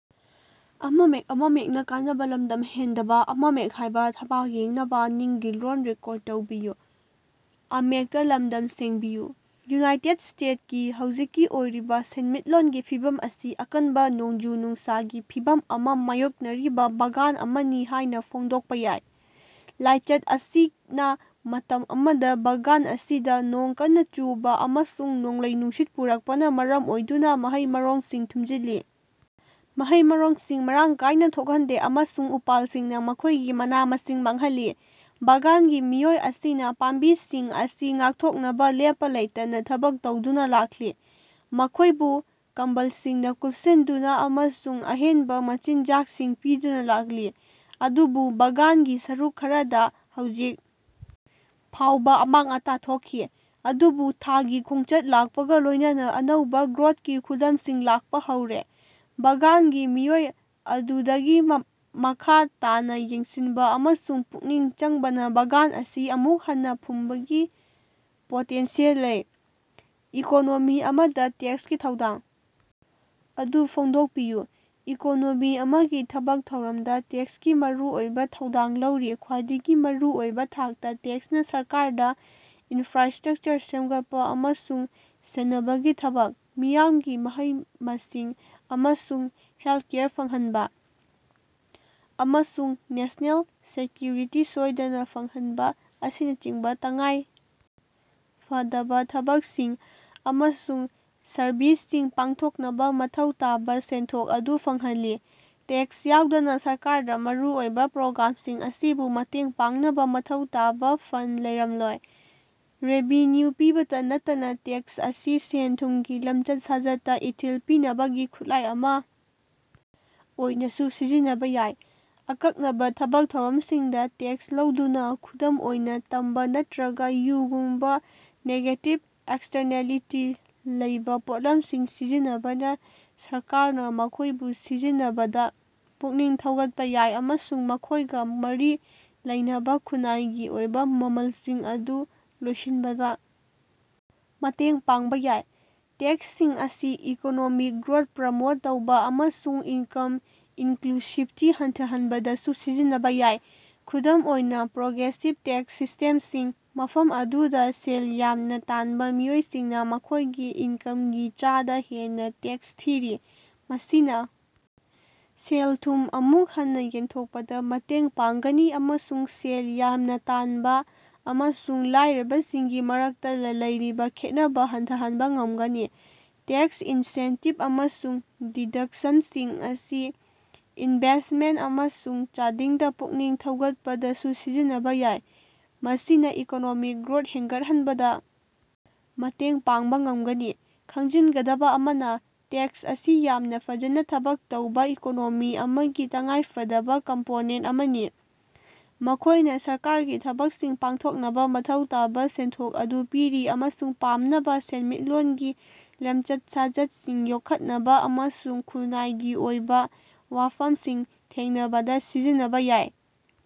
United ꯁ꯭ꯇꯦꯠꯁꯀꯤ ꯍꯧꯖꯤꯛꯀꯤ ꯑꯣꯏꯔꯤꯕꯥ ꯁꯦꯟꯃꯤꯠꯂꯣꯟꯒꯤ ꯐꯤꯚꯝ ꯑꯁꯤ ꯑꯀꯟꯕꯥ ꯅꯣꯡꯖꯨ-ꯅꯨꯡꯁꯥꯒꯤ ꯐꯤꯚꯝ ꯑꯃꯥ ꯃꯥꯌꯣꯛꯅꯔꯤꯕꯥ ꯕꯥꯒꯥꯟ ꯑꯃꯅꯤ ꯍꯥꯏꯅꯥ ꯐꯣꯡꯗꯣꯛꯄꯥ ꯌꯥꯏ꯫ ꯂꯥꯏꯆꯠ ꯑꯁꯤꯅꯥ ꯃꯇꯝ ꯑꯃꯗꯥ ꯕꯥꯒꯥꯟ ꯑꯁꯤꯗꯥ ꯅꯣꯡ ꯀꯟꯅꯥ ꯆꯨꯕꯥ ꯑꯃꯁꯨꯡ ꯅꯣꯡꯂꯩ-ꯅꯨꯡꯁꯤꯠ ꯄꯨꯔꯛꯄꯅꯥ ꯃꯔꯝ ꯑꯣꯏꯗꯨꯅꯥ ꯃꯍꯩ-ꯃꯔꯣꯡꯁꯤꯡ ꯊꯨꯝꯖꯤꯜꯂꯤ, ꯃꯍꯩ-ꯃꯔꯣꯡꯁꯤꯡ ꯃꯔꯥꯡ ꯀꯥꯏꯅꯥ ꯊꯣꯛꯍꯟꯗꯦ ꯑꯃꯁꯨꯡ ꯎꯄꯥꯜꯁꯤꯡꯅꯥ ꯃꯈꯣꯏꯒꯤ ꯃꯅꯥ-ꯃꯁꯤꯡ ꯃꯥꯡꯍꯜꯂꯤ꯫ ꯕꯥꯒꯥꯟꯒꯤ ꯃꯤꯑꯣꯏ ꯑꯁꯤꯅꯥ ꯄꯥꯝꯕꯤꯁꯤꯡ ꯑꯁꯤ ꯉꯥꯛꯊꯣꯛꯅꯕꯥ ꯂꯦꯞꯄꯥ ꯂꯩꯇꯅꯥ ꯊꯕꯛ ꯇꯧꯗꯨꯅꯥ ꯂꯥꯛꯂꯤ, ꯃꯈꯣꯏꯕꯨ ꯀꯝꯕꯜꯁꯤꯡꯅꯥ ꯀꯨꯄꯁꯤꯟꯗꯨꯅꯥ ꯑꯃꯁꯨꯡ ꯑꯍꯦꯟꯕꯥ ꯃꯆꯤꯟꯖꯥꯛꯁꯤꯡ ꯄꯤꯗꯨꯅꯥ ꯂꯥꯛꯂꯤ, ꯑꯗꯨꯕꯨ ꯕꯥꯒꯥꯟꯒꯤ ꯁꯔꯨꯛ ꯈꯔꯗꯥ ꯍꯧꯖꯤꯛ ꯐꯥꯎꯕꯥ ꯑꯃꯥꯡ-ꯑꯇꯥ ꯊꯣꯛꯈꯤ꯫ ꯑꯗꯨꯕꯨ ꯊꯥꯒꯤ ꯈꯣꯡꯆꯠ ꯂꯥꯛꯄꯒꯥ ꯂꯣꯏꯅꯅꯥ ꯑꯅꯧꯕꯥ ꯒ꯭ꯔꯣꯠꯀꯤ ꯈꯨꯗꯝꯁꯤꯡ ꯂꯥꯛꯄꯥ ꯍꯧꯔꯦ꯫ ꯕꯥꯒꯥꯟꯒꯤ ꯃꯤꯑꯣꯏ ꯑꯗꯨꯗꯒꯤ ꯃꯈꯥ ꯇꯥꯅꯥ ꯌꯦꯡꯁꯤꯟꯕꯥ ꯑꯃꯁꯨꯡ ꯄꯨꯛꯅꯤꯡ ꯆꯪꯕꯅꯥ ꯕꯥꯒꯥꯟ ꯑꯁꯤ ꯑꯃꯨꯛ ꯍꯟꯅꯥ ꯐꯨꯝꯕꯒꯤ ꯄꯣꯇꯦꯟꯁꯤꯌꯦꯜ ꯂꯩ꯫ ꯏꯀꯣꯅꯣꯃꯤ ꯑꯃꯗꯥ ꯇꯦꯛꯁꯀꯤ ꯊꯧꯗꯥꯡ ꯑꯗꯨ ꯐꯣꯡꯗꯣꯛꯄꯤꯌꯨ꯫ ꯏꯀꯣꯅꯣꯃꯤ ꯑꯃꯒꯤ ꯊꯕꯛ ꯊꯧꯔꯝꯗꯥ ꯇꯦꯛꯁꯀꯤ ꯃꯔꯨꯑꯣꯏꯕꯥ ꯊꯧꯗꯥꯡ ꯂꯧꯔꯤ꯫ ꯈ꯭ꯋꯥꯏꯗꯒꯤ ꯃꯔꯨ ꯑꯣꯏꯕꯥ ꯊꯥꯛꯇꯥ ꯇꯦꯛꯁꯅꯥ ꯁꯔꯀꯥꯔꯗꯥ ꯏꯟꯐ꯭ꯔꯥꯁꯇ꯭ꯔꯛꯆꯔ ꯁꯦꯝꯒꯠꯄꯥ ꯑꯃꯁꯨꯡ ꯁꯦꯟꯅꯕꯒꯤ ꯊꯕꯛ, ꯃꯤꯌꯥꯝꯒꯤ ꯃꯍꯩ-ꯃꯁꯤꯡ ꯑꯃꯁꯨꯡ ꯍꯦꯜꯀꯦꯌꯔ ꯐꯪꯍꯟꯕꯥ, ꯑꯃꯁꯨꯡ ꯅꯦꯁꯅꯦꯜ ꯁꯦꯀ꯭ꯌꯨꯔꯤꯇꯤ ꯁꯣꯏꯗꯅꯥ ꯐꯪꯍꯟꯕꯥ ꯑꯁꯤꯅꯆꯤꯡꯕꯥ ꯇꯉꯥꯏ ꯐꯗꯕꯥ ꯊꯕꯛꯁꯤꯡ ꯑꯃꯁꯨꯡ ꯁꯔꯕꯤꯁꯁꯤꯡ ꯄꯥꯡꯊꯣꯛꯅꯕꯥ ꯃꯊꯧ ꯇꯥꯕꯥ ꯁꯦꯟꯊꯣꯛ ꯑꯗꯨ ꯐꯪꯍꯜꯂꯤ꯫ ꯇꯦꯛꯁ ꯌꯥꯎꯗꯅꯥ ꯁꯔꯀꯥꯔꯗꯥ ꯃꯔꯨꯑꯣꯏꯕꯥ ꯄ꯭ꯔꯣꯒ꯭ꯔꯥꯝꯁꯤꯡ ꯑꯁꯤꯕꯨ ꯃꯇꯦꯡ ꯄꯥꯡꯅꯕꯥ ꯃꯊꯧ ꯇꯥꯕꯥ ꯐꯟꯗ ꯂꯩꯔꯝꯂꯣꯏ꯫ ꯔꯦꯚꯤꯅ꯭ꯌꯨ ꯄꯤꯕꯇꯥ ꯅꯠꯇꯅꯥ ꯇꯦꯛꯁ ꯑꯁꯤ ꯁꯦꯟ-ꯊꯨꯝꯒꯤ ꯂꯝꯆꯠ-ꯁꯥꯖꯠꯇꯥ ꯏꯊꯤꯜ ꯄꯤꯅꯕꯒꯤ ꯈꯨꯠꯂꯥꯏ ꯑꯃꯥ ꯑꯣꯏꯅꯥꯁꯨ ꯁꯤꯖꯤꯟꯅꯕꯥ ꯌꯥꯏ꯫ ꯑꯀꯛꯅꯕꯥ ꯊꯕꯛ ꯊꯧꯔꯝꯁꯤꯡꯗꯥ ꯇꯦꯛꯁ ꯂꯧꯗꯨꯅꯥ, ꯈꯨꯗꯝ ꯑꯣꯏꯅꯥ ꯇꯝꯕꯥ ꯅꯠꯇ꯭ꯔꯒꯥ ꯌꯨꯒꯨꯝꯕꯥ ꯅꯦꯒꯦꯇꯤꯕ ꯑꯦꯛꯁꯇꯔꯅꯦꯂꯤꯇꯤ ꯂꯩꯕꯥ ꯄꯣꯠꯂꯝꯁꯤꯡ ꯁꯤꯖꯤꯟꯅꯕꯅꯥ ꯁꯔꯀꯥꯔꯅꯥ ꯃꯈꯣꯏꯕꯨ ꯁꯤꯖꯤꯟꯅꯕꯗꯥ ꯄꯨꯛꯅꯤꯡ ꯊꯧꯒꯠꯄꯥ ꯌꯥꯏ ꯑꯃꯁꯨꯡ ꯃꯈꯣꯏꯒꯥ ꯃꯔꯤ ꯂꯩꯅꯕꯥ ꯈꯨꯟꯅꯥꯏꯒꯤ ꯑꯣꯏꯕꯥ ꯃꯃꯜꯁꯤꯡ ꯑꯗꯨ ꯂꯣꯏꯁꯤꯟꯕꯗꯥ ꯃꯇꯦꯡ ꯄꯥꯡꯕꯥ ꯌꯥꯏ꯫ ꯇꯦꯛꯁꯁꯤꯡ ꯑꯁꯤ ꯏꯀꯣꯅꯣꯃꯤꯛ ꯒ꯭ꯔꯣꯠ ꯄ꯭ꯔꯃꯣꯠ ꯇꯧꯕꯥ ꯑꯃꯁꯨꯡ ꯏꯟꯀꯝ ꯏꯟꯀ꯭ꯂꯨꯁꯤꯕꯇꯤ ꯍꯟꯊꯍꯟꯕꯗꯁꯨ ꯁꯤꯖꯤꯟꯅꯕꯥ ꯌꯥꯏ꯫ ꯈꯨꯗꯝ ꯑꯣꯏꯅꯥ, ꯄ꯭ꯔꯣꯒ꯭ꯔꯦꯁꯤꯞ ꯇꯦꯛꯁ ꯁꯤꯁꯇꯦꯝꯁꯤꯡ, ꯃꯐꯝ ꯑꯗꯨꯗꯥ ꯁꯦꯜ ꯌꯥꯝꯅꯥ ꯇꯥꯟꯕꯥ ꯃꯤꯑꯣꯏꯁꯤꯡꯅꯥ ꯃꯈꯣꯏꯒꯤ ꯏꯟꯀꯃꯒꯤ ꯆꯥꯗꯥ ꯍꯦꯟꯅꯥ ꯇꯦꯛꯁ ꯊꯤꯔꯤ, ꯃꯁꯤꯅꯥ ꯁꯦꯜ-ꯊꯨꯝ ꯑꯃꯨꯛ ꯍꯟꯅꯥ ꯌꯦꯟꯊꯣꯛꯄꯗꯥ ꯃꯇꯦꯡ ꯄꯥꯡꯒꯅꯤ ꯑꯃꯁꯨꯡ ꯁꯦꯜ ꯌꯥꯝꯅꯥ ꯇꯥꯟꯕꯥ ꯑꯃꯁꯨꯡ ꯂꯥꯏꯔꯕꯁꯤꯡꯒꯤ ꯃꯔꯛꯇꯥ ꯂꯩꯔꯤꯕꯥ ꯈꯦꯠꯅꯕꯥ ꯍꯟꯊꯍꯟꯕꯥ ꯉꯝꯒꯅꯤ꯫ ꯇꯦꯛꯁ ꯏꯟꯁꯦꯟꯇꯤꯞ ꯑꯃꯁꯨꯡ ꯗꯤꯗꯛꯁꯟꯁꯤꯡ ꯑꯁꯤ ꯏꯅꯚꯦꯁꯃꯦꯟꯇ ꯑꯃꯁꯨꯡ ꯆꯥꯗꯤꯡꯗꯥ ꯄꯨꯛꯅꯤꯡ ꯊꯧꯒꯠꯄꯗꯁꯨ ꯁꯤꯖꯤꯟꯅꯕꯥ ꯌꯥꯏ, ꯃꯁꯤꯅꯥ ꯏꯀꯣꯅꯣꯃꯤꯛ ꯒ꯭ꯔꯣꯠ ꯍꯦꯟꯒꯠꯍꯟꯕꯗꯥ ꯃꯇꯦꯡ ꯄꯥꯡꯕꯥ ꯉꯝꯒꯅꯤ꯫ ꯈꯪꯖꯤꯟꯒꯗꯕꯥ ꯑꯃꯅꯥ, ꯇꯦꯛꯁ ꯑꯁꯤ ꯌꯥꯝꯅꯥ ꯐꯖꯅꯥ ꯊꯕꯛ ꯇꯧꯕꯥ ꯏꯀꯣꯅꯣꯃꯤ ꯑꯃꯒꯤ ꯇꯉꯥꯏꯐꯗꯕꯥ ꯀꯝꯄꯣꯅꯦꯟꯇ ꯑꯃꯅꯤ꯫ ꯃꯈꯣꯏꯅꯥ ꯁꯔꯀꯥꯔꯒꯤ ꯊꯕꯛꯁꯤꯡ ꯄꯥꯡꯊꯣꯛꯅꯕꯥ ꯃꯊꯧ ꯇꯥꯕꯥ ꯁꯦꯟꯊꯣꯛ ꯑꯗꯨ ꯄꯤꯔꯤ ꯑꯃꯁꯨꯡ ꯄꯥꯝꯅꯕꯥ ꯁꯦꯟꯃꯤꯠꯂꯣꯟꯒꯤ ꯂꯝꯆꯠ-ꯁꯥꯖꯠꯁꯤꯡ ꯌꯣꯛꯈꯠꯅꯕꯥ ꯑꯃꯁꯨꯡ ꯈꯨꯟꯅꯥꯏꯒꯤ ꯑꯣꯏꯕꯥ ꯋꯥꯐꯝꯁꯤꯡ ꯊꯦꯡꯅꯕꯗꯥ ꯁꯤꯖꯤꯟꯅꯕꯥ ꯌꯥꯏ꯫